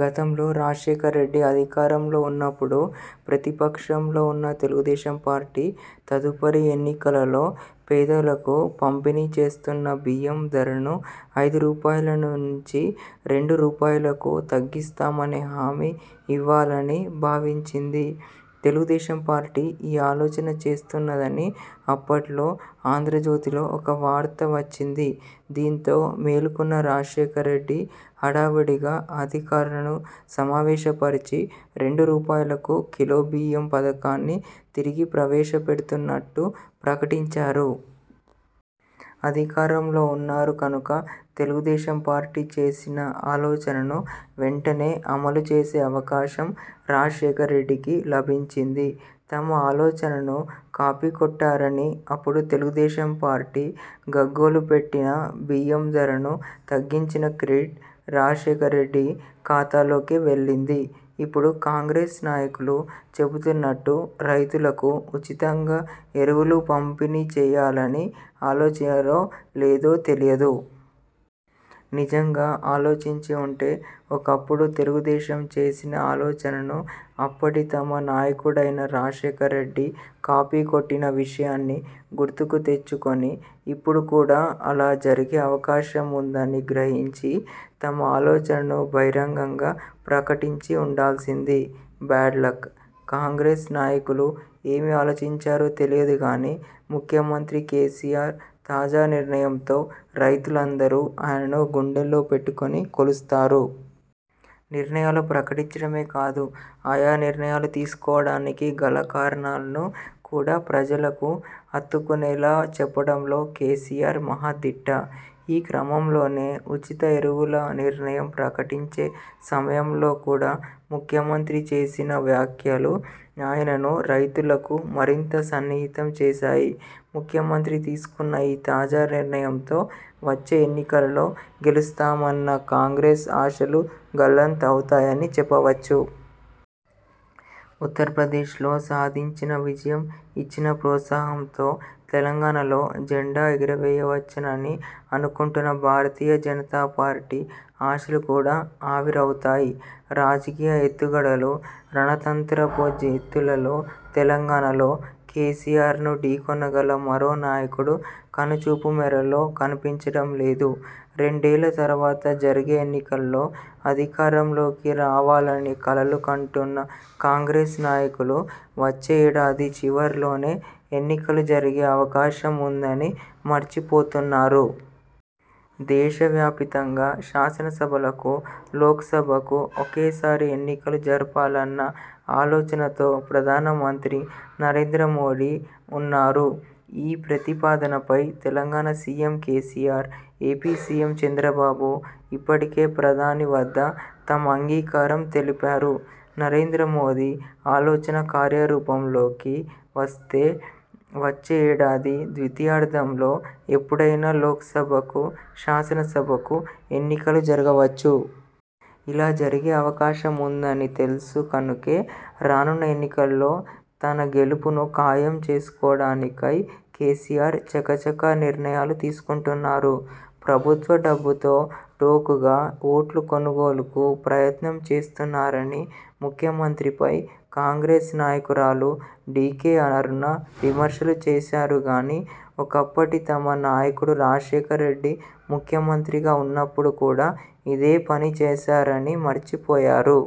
గతంలో రాజశేఖర్రెడ్డి అధికారంలో ఉన్నప్పుడు, ప్రతిపక్షంలో ఉన్న తెలుగుదేశంపార్టీ తదుపరి ఎన్నికలలో పేదలకు పంపిణీ చేస్తున్న బియ్యం ధరను అయిదు రూపాయల నుంచి రెండు రూపాయలకు తగ్గిస్తామనే హామీ ఇవ్వాలని భావించింది. తెలుగుదేశంపార్టీ ఈ ఆలోచన చేస్తున్నదని అప్పట్లో 'ఆంధ్రజ్యోతి'లో ఒక వార్త వచ్చింది. దీంతో మేలుకున్న రాజశేఖర్రెడ్డి హడావుడిగా అధికారులను సమావేశపరచి రెండు రూపాయలకు కిలో బియ్యం పథకాన్ని తిరిగి ప్రవేశపెడుతున్నట్టు ప్రకటించారు. అధికారంలో ఉన్నారు కనుక తెలుగుదేశం పార్టీ చేసిన ఆలోచనను వెంటనే అమలుచేసే అవకాశం రాజశేఖర్రెడ్డికి లభించింది. తమ ఆలోచనను కాపీకొట్టారని అప్పుడు తెలుగుదేశంపార్టీ గగ్గోలుపెట్టినా బియ్యం ధరను తగ్గించిన క్రెడిట్ రాజశేఖర్రెడ్డి ఖాతాలోకే వెళ్లింది. ఇప్పుడు కాంగ్రెస్ నాయకులు చెబుతున్నట్టు రైతులకు ఉచితంగా ఎరువులు పంపిణీచేయాలని ఆలోచించారో లేదో తెలియదు. నిజంగా ఆలోచించి ఉంటే ఒకప్పుడు తెలుగుదేశం చేసిన ఆలోచనను అప్పటి తమ నాయకుడైన రాజశేఖర్రెడ్డి కాపీకొట్టిన విషయాన్ని గుర్తుకు తెచ్చుకుని, ఇప్పుడు కూడా అలా జరిగే అవకాశం ఉందని గ్రహించి, తమ ఆలోచనను బహిరంగంగా ప్రకటించి ఉండాల్సింది. బ్యాడ్లక్! కాంగ్రెస్ నాయకులు ఏమి ఆలోచించారో తెలియదుగానీ ముఖ్యమంత్రి కేసీఆర్ తాజా నిర్ణయంతో రైతులందరూ ఆయనను గుండెల్లో పెట్టుకుని కొలుస్తారు. నిర్ణయాలు ప్రకటించడమే కాదు, ఆయా నిర్ణయాలు తీసుకోవడానికి గల కారణాలను కూడా ప్రజలకు హత్తుకునేలా చెప్పడంలో కేసీఆర్ మహా దిట్ట! ఈ క్రమంలోనే ఉచిత ఎరువుల నిర్ణయం ప్రకటించే సమయంలో కూడా ముఖ్యమంత్రి చేసిన వ్యాఖ్యలు ఆయనను రైతులకు మరింత సన్నిహితం చేశాయి. ముఖ్యమంత్రి తీసుకున్న ఈ తాజా నిర్ణయంతో వచ్చే ఎన్నికలలో గెలుస్తామన్న కాంగ్రెస్ ఆశలు గల్లంతు అవుతాయని చెప్పవచ్చు. ఉత్తరప్రదేశ్లో సాధించిన విజయం ఇచ్చిన ప్రోత్సాహంతో తెలంగాణలో జెండా ఎగురవేయవచ్చునని అనుకుంటున్న భారతీయ జనతాపార్టీ ఆశలు కూడా ఆవిరి అవుతాయి. రాజకీయ ఎత్తుగడలు, రణతంత్రపు జిత్తులలో తెలంగాణలో కేసీఆర్ను ఢీకొనగల మరో నాయకుడు కనుచూపు మేరలో కనిపించడం లేదు. రెండేళ్ల తర్వాత జరిగే ఎన్నికలలో అధికారంలోకి రావాలని కలలు కంటున్న కాంగ్రెస్ నాయకులు వచ్చే ఏడాది చివరిలోనే ఎన్నికలు జరిగే అవకాశం ఉందని మర్చిపోతున్నారు. దేశవ్యాపితంగా శాసనసభలకు, లోక్సభకు ఒకేసారి ఎన్నికలు జరపాలన్న ఆలోచనతో ప్రధానమంత్రి నరేంద్రమోదీ ఉన్నారు. ఈ ప్రతిపాదనపై Telangana CM KCR, AP CM Chandrababu ఇప్పటికే ప్రధాని వద్ద తమ అంగీకారం తెలిపారు. నరేంద్రమోదీ ఆలోచన కార్యరూపంలోకి వస్తే వచ్చే ఏడాది ద్వితీయార్థంలో ఎప్పుడైనా లోక్సభకు-– శాసనసభకు ఎన్నికలు జరగవచ్చు. ఇలా జరిగే అవకాశం ఉందని తెలుసు కనుకే రానున్న ఎన్నికలలో తన గెలుపును ఖాయం చేసుకోవడానికై కేసీఆర్ చకచకా నిర్ణయాలు తీసుకుంటున్నారు. ప్రభుత్వ డబ్బుతో టోకుగా ఓట్ల కొనుగోలుకు ప్రయత్నం చేస్తున్నారని ముఖ్యమంత్రిపై కాంగ్రెస్ నాయకురాలు డీకే అరుణ విమర్శలు చేశారుగానీ ఒకప్పటి తమ నాయకుడు రాజశేఖర్రెడ్డి ముఖ్యమంత్రిగా ఉన్నప్పుడు కూడా ఇదే పని చేశారని మర్చిపోయారు.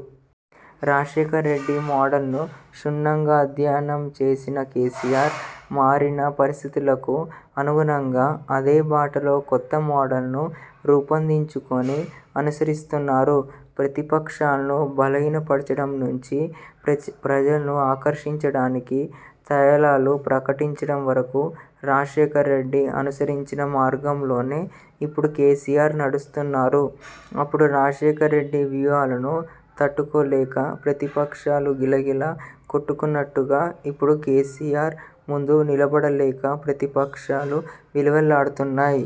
రాజశేఖర్రెడ్డి మోడల్ను క్షుణ్ణంగా అధ్యయనం చేసిన కేసీఆర్, మారిన పరిస్థితులకు అనుగుణంగా అదే బాటలో కొత్త మోడల్ను రూపొందించుకుని అనుసరిస్తున్నారు. ప్రతిపక్షాలను బలహీనపర్చడం నుంచి ప్రజలను ఆకర్షించడానికి తాయిలాలు ప్రకటించడం వరకు రాజశేఖర్రెడ్డి అనుసరించిన మార్గంలోనే ఇప్పుడు కేసీఆర్ నడుస్తున్నారు. అప్పుడు రాజశేఖర్రెడ్డి వ్యూహాలను తట్టుకోలేక ప్రతిపక్షాలు గిలగిలా కొట్టుకున్నట్టుగా ఇప్పుడు కేసీఆర్ ముందు నిలబడలేక ప్రతిపక్షాలు విలవిలలాడుతున్నాయి.